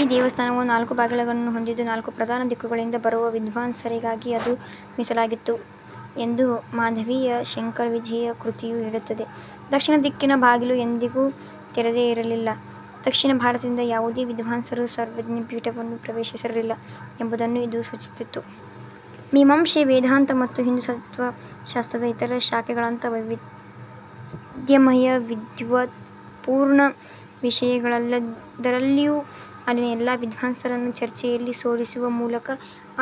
ಈ ದೇವಸ್ಥಾನವು ನಾಲ್ಕು ಬಾಗಿಲುಗಳನ್ನು ಹೊಂದಿದ್ದು, ನಾಲ್ಕು ಪ್ರಧಾನ ದಿಕ್ಕುಗಳಿಂದ ಬರುವ ವಿದ್ವಾಂಸರಿಗಾಗಿ ಅದು ಮೀಸಲಾಗಿತ್ತು ಎಂದು ಮಾಧವೀಯ ಶಂಕರವಿಜಯಂ ಕೃತಿಯು ಹೇಳುತ್ತದೆ. ದಕ್ಷಿಣ ದಿಕ್ಕಿನ ಬಾಗಿಲು ಎಂದಿಗೂ ತೆರೆದೇ ಇರಲಿಲ್ಲ. ದಕ್ಷಿಣ ಭಾರತದಿಂದ ಯಾವುದೇ ವಿದ್ವಾಂಸರೂ ಸರ್ವಜ್ಞ ಪೀಠವನ್ನು ಪ್ರವೇಶಿಸಿರಲಿಲ್ಲ ಎಂಬುದನ್ನು ಇದು ಸೂಚಿಸುತ್ತಿತ್ತು. ಮೀಮಾಂಸೆ, ವೇದಾಂತ ಮತ್ತು ಹಿಂದೂ ತತ್ತ್ವಶಾಸ್ತ್ರದ ಇತರ ಶಾಖೆಗಳಂಥ ವೈವಿಧ್ಯಮಯ ವಿದ್ವತ್ಪೂರ್ಣ ವಿಷಯಗಳೆಲ್ಲದರಲ್ಲಿಯೂ ಅಲ್ಲಿನ ಎಲ್ಲಾ ವಿದ್ವಾಂಸರನ್ನೂ ಚರ್ಚೆಯಲ್ಲಿ ಸೋಲಿಸುವ ಮೂಲಕ,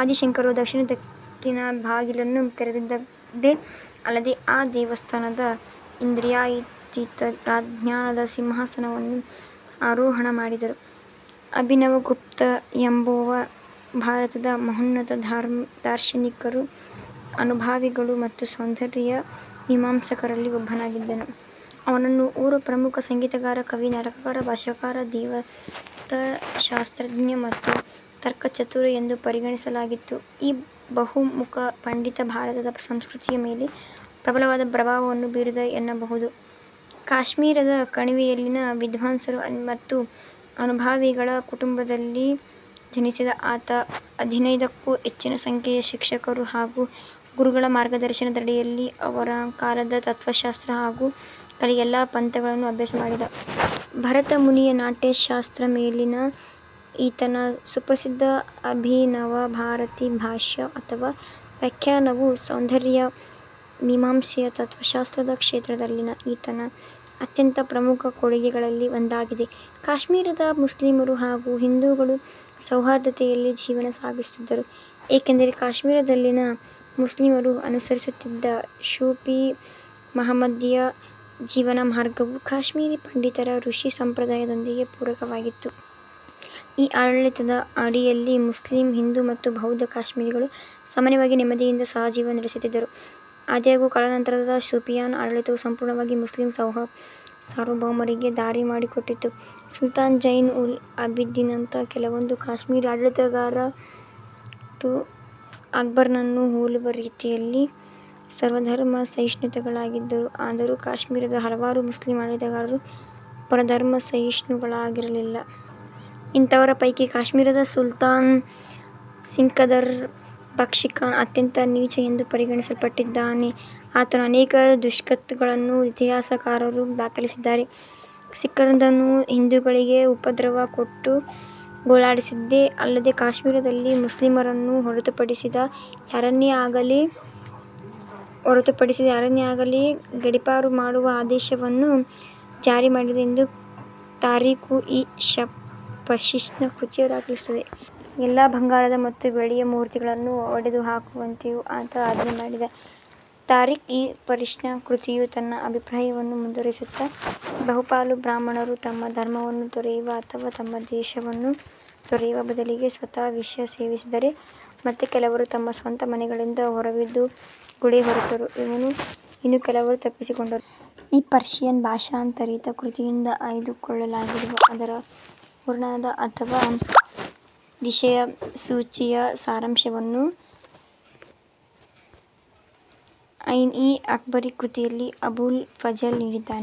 ಆದಿ ಶಂಕರರು ದಕ್ಷಿಣ ದಿಕ್ಕಿನ ಬಾಗಿಲನ್ನು ತೆರೆದದ್ದೇ ಅಲ್ಲದೇ, ಆ ದೇವಸ್ಥಾನದ ಇಂದ್ರಿಯಾತೀತ ಜ್ಞಾನದ ಸಿಂಹಾಸನವನ್ನು ಆರೋಹಣ ಮಾಡಿದರು. ಅಭಿನವಗುಪ್ತ ಎಂಬುವವ ಭಾರತದ ಮಹೋನ್ನತ ದಾರ್ಶನಿಕರು, ಅನುಭಾವಿಗಳು ಮತ್ತು ಸೌಂದರ್ಯ ಮೀಮಾಂಸಕರಲ್ಲಿ ಒಬ್ಬನಾಗಿದ್ದ. ಅವನನ್ನು ಓರ್ವ ಪ್ರಮುಖ ಸಂಗೀತಗಾರ, ಕವಿ, ನಾಟಕಕಾರ, ಭಾಷ್ಯಕಾರ, ದೇವತಾಶಾಸ್ತ್ರಜ್ಞ, ಮತ್ತು ತರ್ಕಚತುರ ಎಂದೂ ಪರಿಗಣಿಸಲಾಗಿತ್ತು. ಈ ಬಹುಮುಖ ಪಂಡಿತ ಭಾರತದ ಸಂಸ್ಕೃತಿಯ ಮೇಲೆ ಪ್ರಬಲವಾದ ಪ್ರಭಾವವನ್ನು ಬೀರಿದ ಎನ್ನಬಹುದು. ಕಾಶ್ಮೀರದ ಕಣಿವೆ ಯಲ್ಲಿನ ವಿದ್ವಾಂಸರು ಮತ್ತು ಅನುಭಾವಿಗಳ ಕುಟುಂಬದಲ್ಲಿ ಜನಿಸಿದ ಆತ, ಹದಿನೈದಕ್ಕೂ ಹೆಚ್ಚಿನ ಸಂಖ್ಯೆಯ ಶಿಕ್ಷಕರು ಹಾಗೂ ಗುರುಗಳ ಮಾರ್ಗದರ್ಶನದಡಿಯಲ್ಲಿ, ಅವನ ಕಾಲದ ತತ್ತ್ವಶಾಸ್ತ್ರ ಹಾಗೂ ಕಲೆಯ ಎಲ್ಲಾ ಪಂಥಗಳನ್ನೂ ಅಭ್ಯಾಸ ಮಾಡಿದ. ಭರತ ಮುನಿಯ ನಾಟ್ಯಶಾಸ್ತ್ರ ಮೇಲಿನ ಈತನ ಸುಪ್ರಸಿದ್ಧ ಅಭಿನವಭಾರತಿ ಭಾಷ್ಯ ಅಥವಾ ವ್ಯಾಖ್ಯಾನವು ಸೌಂದರ್ಯಮೀಮಾಂಸೆಯ ತತ್ತ್ವಶಾಸ್ತ್ರದ ಕ್ಷೇತ್ರದಲ್ಲಿನ ಈತನ ಅತ್ಯಂತ ಪ್ರಮುಖ ಕೊಡುಗೆಗಳಲ್ಲಿ ಒಂದಾಗಿದೆ. ಕಾಶ್ಮೀರದ ಮುಸ್ಲಿಮರು ಹಾಗೂ ಹಿಂದೂಗಳು ಸೌಹಾರ್ದತೆಯಲ್ಲಿ ಜೀವನ ಸಾಗಿಸುತ್ತಿದ್ದರು. ಏಕೆಂದರೆ, ಕಾಶ್ಮೀರದಲ್ಲಿನ ಮುಸ್ಲಿಮರು ಅನುಸರಿಸುತ್ತಿದ್ದ ಸೂಫಿ -ಮಹಮ್ಮದೀಯ ಜೀವನಮಾರ್ಗವು ಕಾಶ್ಮೀರಿ ಪಂಡಿತರ ಋಷಿ ಸಂಪ್ರದಾಯದೊಂದಿಗೆ ಪೂರಕವಾಗಿತ್ತು. ಈ ಆಡಳಿತದ ಅಡಿಯಲ್ಲಿ, ಮುಸ್ಲಿಂ, ಹಿಂದೂ ಮತ್ತು ಬೌದ್ಧ ಕಾಶ್ಮೀರಿಗಳು ಸಾಮಾನ್ಯವಾಗಿ ನೆಮ್ಮದಿಯಿಂದ ಸಹಜೀವನ ನಡೆಸಿದ್ದರು. ಆದಾಗ್ಯೂ, ಕಾಲಾನಂತರದಲ್ಲಿ ಸೂಫಿಯಾನಾ ಆಡಳಿತವು ಸಂಪೂರ್ಣವಾಗಿ ಮುಸ್ಲಿಂ ಸಾರ್ವಭೌಮರಿಗೆ ದಾರಿಮಾಡಿಕೊಟ್ಟಿತು. ಸುಲ್ತಾನ್ ಝೈನ್-ಉಲ್-ಅಬಿದಿನ್ನಂತಹ ಕೆಲವೊಂದು ಕಾಶ್ಮೀರಿ ಆಡಳಿತಗಾರರು ಅಕ್ಬರ್ನನ್ನು ಹೋಲುವ ರೀತಿಯಲ್ಲಿ ಸರ್ವಧರ್ಮ ಸಹಿಷ್ಣುಗಳಾಗಿದ್ದರು. ಆದರೂ, ಕಾಶ್ಮೀರದ ಹಲವಾರು ಮುಸ್ಲಿಂ ಆಡಳಿತಗಾರರು ಪರಧರ್ಮಸಹಿಷ್ಣುಗಳಾಗಿರಲಿಲ್ಲ. ಇಂಥವರ ಪೈಕಿ ಕಾಶ್ಮೀರದ ಸುಲ್ತಾನ್ ಸಿಕಂದರ್ ಬಟ್ಷಿಕಾನ್ ಅತ್ಯಂತ ನೀಚ ಎಂದು ಪರಿಗಣಿಸಲ್ಪಟ್ಟಿದ್ದಾನೆ. ಆತನ ಅನೇಕ ದುಷ್ಕೃತ್ಯಗಳನ್ನು ಇತಿಹಾಸಕಾರರು ದಾಖಲಿಸಿದ್ದಾರೆ. ಸಿಕಂದರ್ನು ಹಿಂದೂಗಳಿಗೆ ಉಪದ್ರವ ಕೊಟ್ಟು ಗೋಳಾಡಿಸಿದ್ದೇ ಅಲ್ಲದೇ, ಕಾಶ್ಮೀರದಲ್ಲಿ ಮುಸ್ಲಿಮರನ್ನು ಹೊರತುಪಡಿಸಿದ ಯಾರನ್ನೇ ಆಗಲಿ ಗಡೀಪಾರು ಮಾಡುವ ಆದೇಶವನ್ನು ಜಾರಿಮಾಡಿದ ಎಂದು ತಾರೀಖ್-ಇ-ಫರಿಶ್ತಾ ಕೃತಿಯು ದಾಖಲಿಸುತ್ತದೆ. ಎಲ್ಲಾ "ಬಂಗಾರದ ಮತ್ತು ಬೆಳ್ಳಿಯ ಮೂರ್ತಿಗಳನ್ನು" ಒಡೆದುಹಾಕುವಂತೆಯೂ ಆತ ಆಜ್ಞೆಮಾಡಿದ. ತಾರೀಖ್-ಇ-ಫರಿಶ್ತಾ ಕೃತಿಯು ತನ್ನ ಅಭಿಪ್ರಾಯವನ್ನು ಮುಂದುವರೆಸುತ್ತಾ, "ಬಹುಪಾಲು ಬ್ರಾಹ್ಮಣರು ತಮ್ಮ ಧರ್ಮವನ್ನು ತೊರೆಯುವ ಅಥವಾ ತಮ್ಮ ದೇಶವನ್ನು ತೊರೆಯುವ ಬದಲಿಗೆ ಸ್ವತಃ ವಿಷ ಸೇವಿಸಿದರೆ, ಮತ್ತೆ ಕೆಲವರು ತಮ್ಮ ಸ್ವಂತ ಮನೆಗಳಿಂದ ಹೊರಬಿದ್ದು ಗುಳೆಹೊರಟರು, ಇನ್ನು ಕೆಲವರು ತಪ್ಪಿಸಿಕೊಂಡರು. ಈ ಪರ್ಷಿಯನ್ ಭಾಷಾಂತರಿತ ಕೃತಿಯಿಂದ ಆಯ್ದುಕೊಳ್ಳಲಾಗಿರುವ ಅದರ ಹೂರಣದ ಅಥವಾ ವಿಷಯಸೂಚಿಯ ಸಾರಾಂಶವನ್ನು ಐನ್-ಇ-ಅಕ್ಬರಿ ಕೃತಿಯಲ್ಲಿ ಅಬುಲ್ ಫಜಲ್ ನೀಡಿದ್ದಾನೆ.